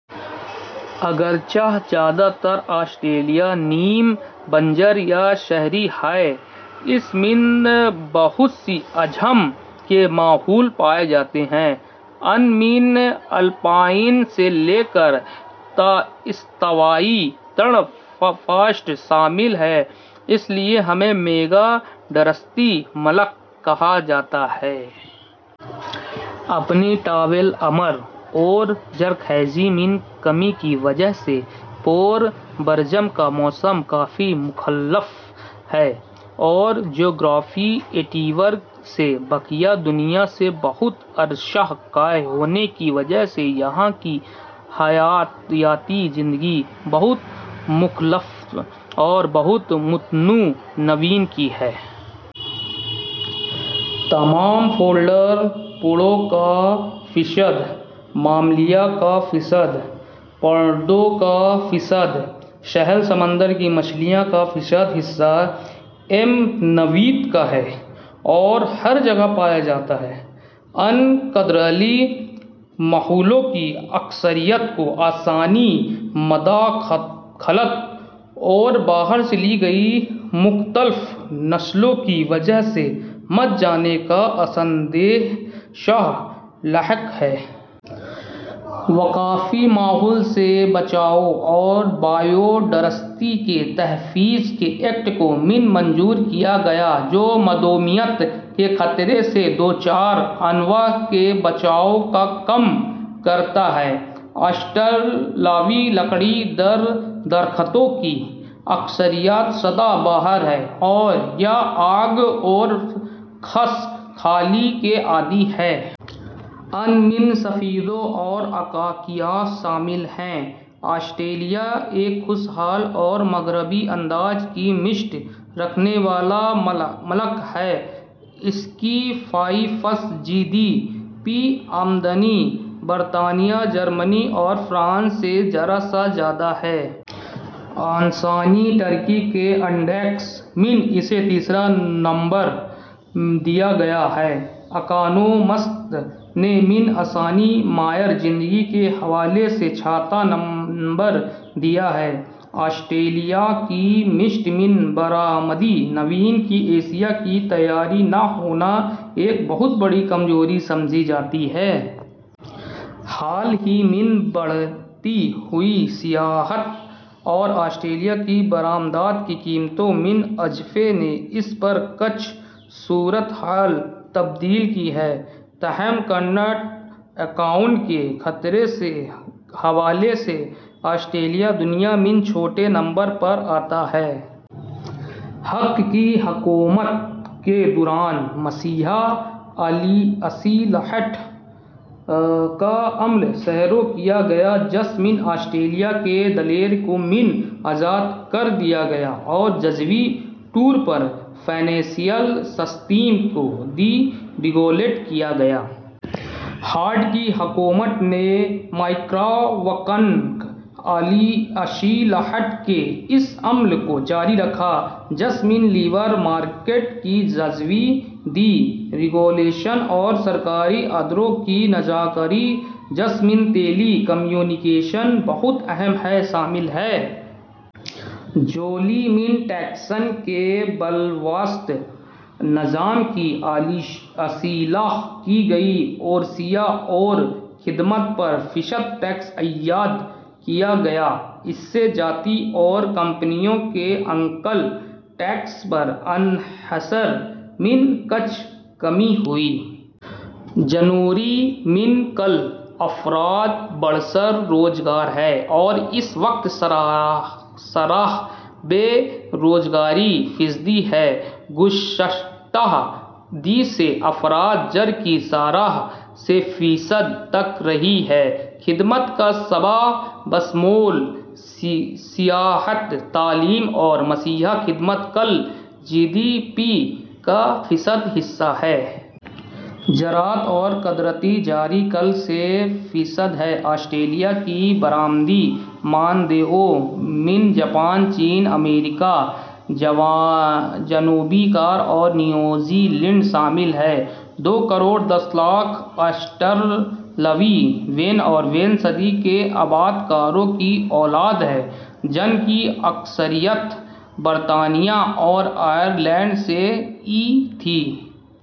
اگرچہ زیادہ تر آسٹریلیا نیم بنجر یا صحرائی ہے، اس میں بہت سی اقسام کے ماحول پائے جاتے ہیں۔ ان میں الپائن سے لے کر استوائی رین فارسٹ شامل ہیں۔ اس لیے اسے میگا ڈائورسٹی ملک کہا جاتا ہے۔ اپنی طویل عمر اور زرخیزی میں کمی کی وجہ سے پورے براعظم کا موسم کافی مختلف ہے اور جغرافیائی اعتبار سے بقیہ دنیا سے بہت عرصہ کٹے ہونے کی وجہ سے یہاں کی حیاتیاتی زندگی بہت مختلف اور بہت متنوع نوعیت کی ہے۔ تمام پھولدار پودوں کا فیصد، ممالیہ کا فیصد، پرندوں کا فیصد، ساحل سمندر کی مچھلیوں کا فیصد حصہ عام نوعیت کا ہے اور ہر جگہ پایا جاتا ہے۔ ان قدرتی ماحولوں کی اکثریت کو انسانی مداخلت اور باہر سے لائی گئی مختلف نسلوں کی وجہ سے مٹ جانے کا اندیشہ لاحق ہے۔ وفاقی ماحول کے بچاؤ اور بائیو ڈائورسٹی کے تحفظ کے ایکٹ کو ء میں منظور کیا گیا جو معدومیت کے خطرے سے دوچار انواع کے بچاؤ کا کام کرتا ہے۔ آسٹریلوی لکڑی دار درختوں کی اکثریت سدا بہار ہے اور یہ آگ اور خشک سالی کے عادی ہیں۔ ان میں سفیدہ اور آکاکیاس شامل ہیں۔ آسٹریلیا ایک خوش حال اور مغربی انداز کی معیشت رکھنے والا ملک ہے۔ اس کی فی کس جی ڈی پی آمدنی برطانیہ، جرمنی اور فرانس سے ذرا سا زیادہ ہے۔ انسانی ترقی کے انڈیکس میں اسے تیسرا نمبر دیا گیا ہے۔ اکانومسٹ نے ء میں انسانی معیار زندگی کے ھوالے سے چھٹا نمبر دیا ہے۔ آسٹریلیا کی معیشت میں برآمدی نوعیت کی اشیا کی تیاری نہ ہونا ایک بہت بڑی کمزوری سمجھی جاتی ہے۔ حال ہی میں بڑھتی ہوئی سیاحت اور آسٹریلیا کی برآمدات کی قیمتوں میں اضافے نے اس پر کچھ صورت حال تبدیل کی ہے۔ تاہم کرنٹ اکاؤنٹ کے خسارے کے حوالے سے آسٹریلیا دنیا میں چوتھے نمبر پر آتا ہے۔ ہاک کی حکومت کے دوران معاشی اصلاحات کا عمل شروع کیا گیا جس میں آسٹریلیا کے ڈالر کو ء میں آزاد کر دیا گیا اور جزوی طور پر فنانشل سسٹم کو ڈی ریگولیٹ کیا گیا۔ ہاورڈ کی حکومت نے مائیکرواکنامک اصلاحات کے اس عمل کو جاری رکھا جس میں لیبر مارکیٹ کی جزوی ڈی ریگولیشن اور سرکاری اداروں کی نجکاری، جس میں ٹیلی کمیونیکیشن بہت اہم ہے، شامل ہیں۔ جولائی ء میں ٹیکسوں کے بالواسطہ نظام کی اصلاح کی گئی اوراشیا اور خدمات پر فیصد ٹیکس عائد کیا گیا۔ اس سے ذاتی اور کمپنیوں کے انکم ٹیکس پر انحصار میں کچھ کمی ہوئی۔ جنوری میں کل افراد برسر روزگار ہیں اور اس وقت شرح بے روزگاری ٫ فیصدی ہے۔ گذشتہ دہائی سے افراط زر کی شرح سے فیصد تک رہی ہے۔ خدمات کا شعبہ بشمول سیاحت، تعلیم اور معاشی خدمات کل جی ڈی پی کا فیصد حصہ ہیں۔ زراعت اور قدرتی ذرائع کل سے فیصد ہیں۔ آسٹریلیا کی برآمدی منڈیوں میں جاپان، چین ، امریکا، جنوبی کوریا اور نیوزی لینڈ شامل ہیں۔ دو کروڑ دس لاکھ آسٹریلوی ویں اور ویں صدی کے آبادکاروں کی اولاد ہیں جن کی اکثریت برطانیہ اور آئرلینڈ سے آئی تھی۔